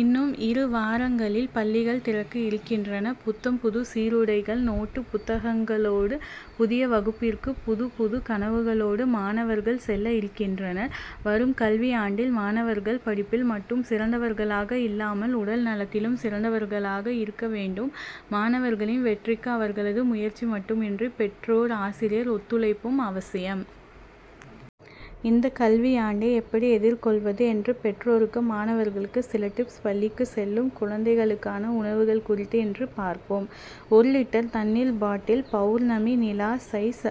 இன்னும் இரு வாரங்களில் பள்ளிகள் திறக்க இருக்கின்றன. புத்தும் புது சீருடைகள் நோட்டு புத்தகங்களோடு புதிய வகுப்பிற்கு புதுப்புது கனவுகளோடு மாணவர்கள் செல்ல இருக்கின்றனர். வரும் கல்வியாண்டில் மாணவர்கள் படிப்பில் மட்டும் சிறந்தவர்களாக இல்லாமல் உடல்நலத்திலும் சிறந்தவர்களாக இருக்க வேண்டும். மாணவர்களின் வெற்றிக்கு அவர்களது முயற்சி மட்டுமின்றி பெற்றோர் ஆசிரியர் ஒத்துழைப்பும் அவசியம். இந்த கல்வியாண்டை எப்படி எதிர்கொள்வது என்று பெற்றோருக்கு மாணவர்களுக்கு சில டிப்ஸ் பள்ளிக்கு செல்லும் குழந்தைகளுக்கான உணவுகள் குறித்து இன்று பார்ப்போம். ஒரு லிட்டர் தண்ணீர் பாட்டில் பவுர்ணமி நிலா சைஸ்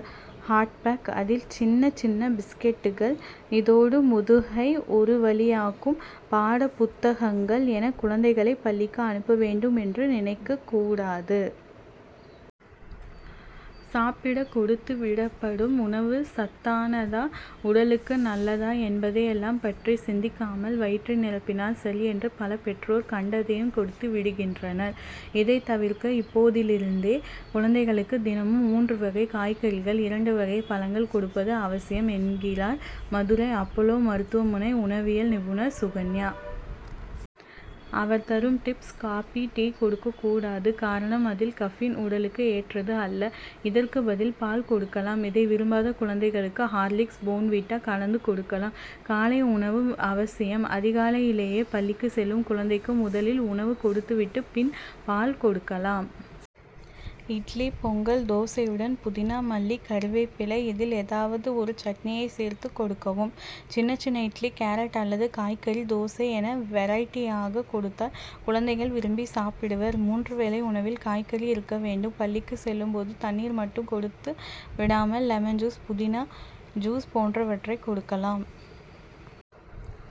ஹாட்பேக் அதில் சின்ன சின்ன பிஸ்கட்கள் இதோடு முதுகை ஒருவழியாக்கும் பாடப்புத்தகங்கள் என குழந்தைகளை பள்ளிக்கு அனுப்ப வேண்டும் என்று நினைக்க கூடாது. சாப்பிட கொடுத்துவிடப்படும் உணவு சத்தானதா உடலுக்கு நல்லதா என்பதையெல்லாம் பற்றி சிந்திக்காமல் வயிற்றை நிரப்பினால் சரி என்று பல பெற்றோர் கண்டதையும் கொடுத்து விடுகின்றனர். இதை தவிர்க்க இப்போதிலிருந்தே குழந்தைகளுக்கு தினமும் மூன்று வகை காய்கறிகள் இரண்டு வகை பழங்கள் கொடுப்பது அவசியம் என்கிறார் மதுரை அப்போலோ மருத்துவமனை உணவியல் நிபுணர் சுகன்யா. அவர் தரும் டிப்ஸ் காபி டீ கொடுக்கக்கூடாது. காரணம் அதில் கபின் உடலுக்கு ஏற்றது அல்ல. இதற்கு பதில் பால் கொடுக்கலாம். இதை விரும்பாத குழந்தைகளுக்கு ஹார்லிக்ஸ் போன்விட்டா கலந்து கொடுக்கலாம். காலை உணவு அவசியம். அதிகாலையிலேயே பள்ளிக்கு செல்லும் குழந்தைக்கு முதலில் உணவு கொடுத்துவிட்டு பின் பால் கொடுக்கலாம். இட்லி பொங்கல் தோசையுடன் புதினா மல்லி கறிவேப்பிலை இதில் ஏதாவது ஒரு சட்னியை சேர்த்துக் கொடுக்கவும். சின்ன சின்ன இட்லி கேரட் அல்லது காய்கறி தோசை என வெரைட்டியாக கொடுத்தால் குழந்தைகள் விரும்பி சாப்பிடுவர். மூன்று வேளை உணவில் காய்கறி இருக்க வேண்டும். பள்ளிக்கு செல்லும் போது தண்ணீர் மட்டும் கொடுத்துவிடாமல் லெமன் ஜூஸ் புதினா ஜூஸ் போன்றவற்றை கொடுக்கலாம்.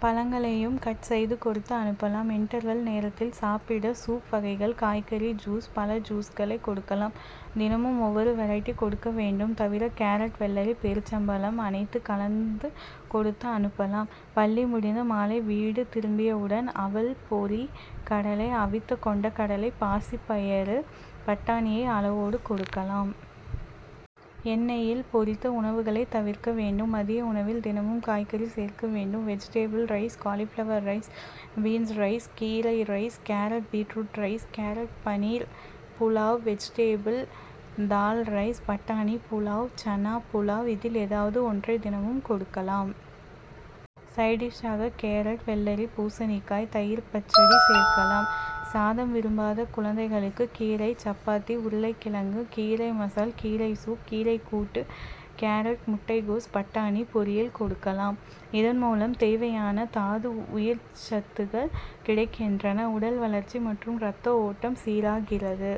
பழங்களையும் கட் செய்து கொடுத்து அனுப்பலாம். இன்டர்வெல் நேரத்தில் சாப்பிட சூப் வகைகள் காய்கறி ஜூஸ் பழ ஜூஸ்களை கொடுக்கலாம். தினமும் ஒவ்வொரு வெரைட்டி கொடுக்க வேண்டும். தவிர கேரட் வெள்ளரி பேரீச்சம் பழம் அனைத்து கலந்து கொடுத்து அனுப்பலாம். பள்ளி முடிந்து மாலை வீடு திரும்பியவுடன் அவல் பொரி கடலை அவித்த கொண்டைக்கடலை பாசிப்பயறு பட்டாணியை அளவோடு கொடுக்கலாம். எண்ணெய்யில் பொரித்த உணவுகளை தவிர்க்க வேண்டும். மதிய உணவில் தினமும் காய்கறி சேர்க்க வேண்டும். Vegetable rice cauliflower rice beans rice கீரை rice carrot beetroot rice carrot paneer pulao vegetable dal rice பட்டாணி புலாவ் சன்னா புலாவ் இதில் ஏதாவது ஒன்றை தினமும் கொடுக்கலாம். சைடு டிஷ் ஆக கேரட் வெள்ளரி பூசணிக்காய் தயிர் பச்சடி சேர்க்கலாம். சாதம் விரும்பாத குழந்தைகளுக்கு கீரை சப்பாத்தி உருளைகிழங்கு கீரை மசால் கீரை சூப் கீரை கூட்டு கேரட் முட்டைகோஸ் பட்டாணி பொரியல் கொடுக்கலாம். இதன்மூலம் தேவையான தாது உயிர்ச்சத்துகள் கிடைக்கின்றன. உடல் வளர்ச்சி மற்றும் ரத்த ஓட்டம் சீராகிறது.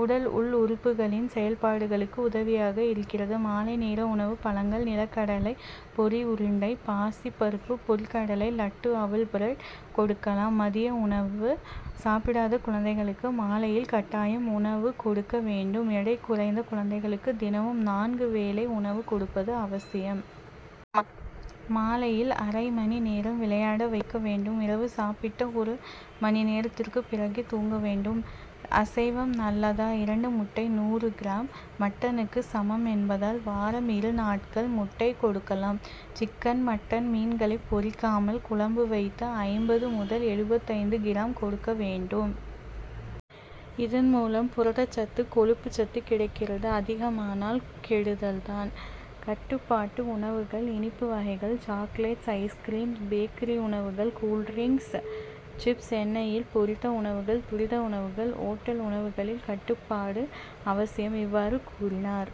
உடல் உள் உறுப்புகளின் செயல்பாடுகளுக்கு உதவியாக இருக்கிறது. மாலை நேர உணவு பழங்கள் நிலக்கடலை பொரி உருண்டை பாசி பருப்பு பொரி கடலை லட்டு அவல் பிரட் கொடுக்கலாம். மதிய உணவு சாப்பிடாத குழந்தைகளுக்கு மாலையில் கட்டாயம் உணவு கொடுக்க வேண்டும். எடை குறைந்த குழந்தைகளுக்கு தினமும் நான்கு வேளை உணவு கொடுப்பது அவசியம். மாலையில் அரைமணி நேரம் விளையாட வைக்க வேண்டும். இரவு சாப்பிட்ட ஒரு மணி நேரத்திற்கு பிறகே தூங்க வேண்டும். அசைவம் நல்லதா இரண்டு முட்டை நூறு கிராம் மட்டனுக்கு சமம் என்பதால் வாரம் இரு நாட்கள் முட்டை கொடுக்கலாம். சிக்கன் மட்டன் மீன்களை பொறிக்காமல் குழம்பு வைத்து ஐம்பது முதல் எழுபத்தைந்து கிராம் கொடுக்க வேண்டும். இதன்மூலம் புரதச்சத்து கொழுப்புச் சத்து கிடைக்கிறது. அதிகமானால் கெடுதல்தான். கட்டுப்பாட்டு உணவுகள் இனிப்பு வகைகள் சாக்லேட்ஸ் ஐஸ்கிரீம்ஸ் பேக்கரி உணவுகள் கூல்டிரிங்ஸ் சிப்ஸ் எண்ணெய்யில் பொரித்த உணவுகள் துரித உணவுகள் ஓட்டல் உணவுகளில் கட்டுப்பாடு அவசியம். இவ்வாறு கூறினார்.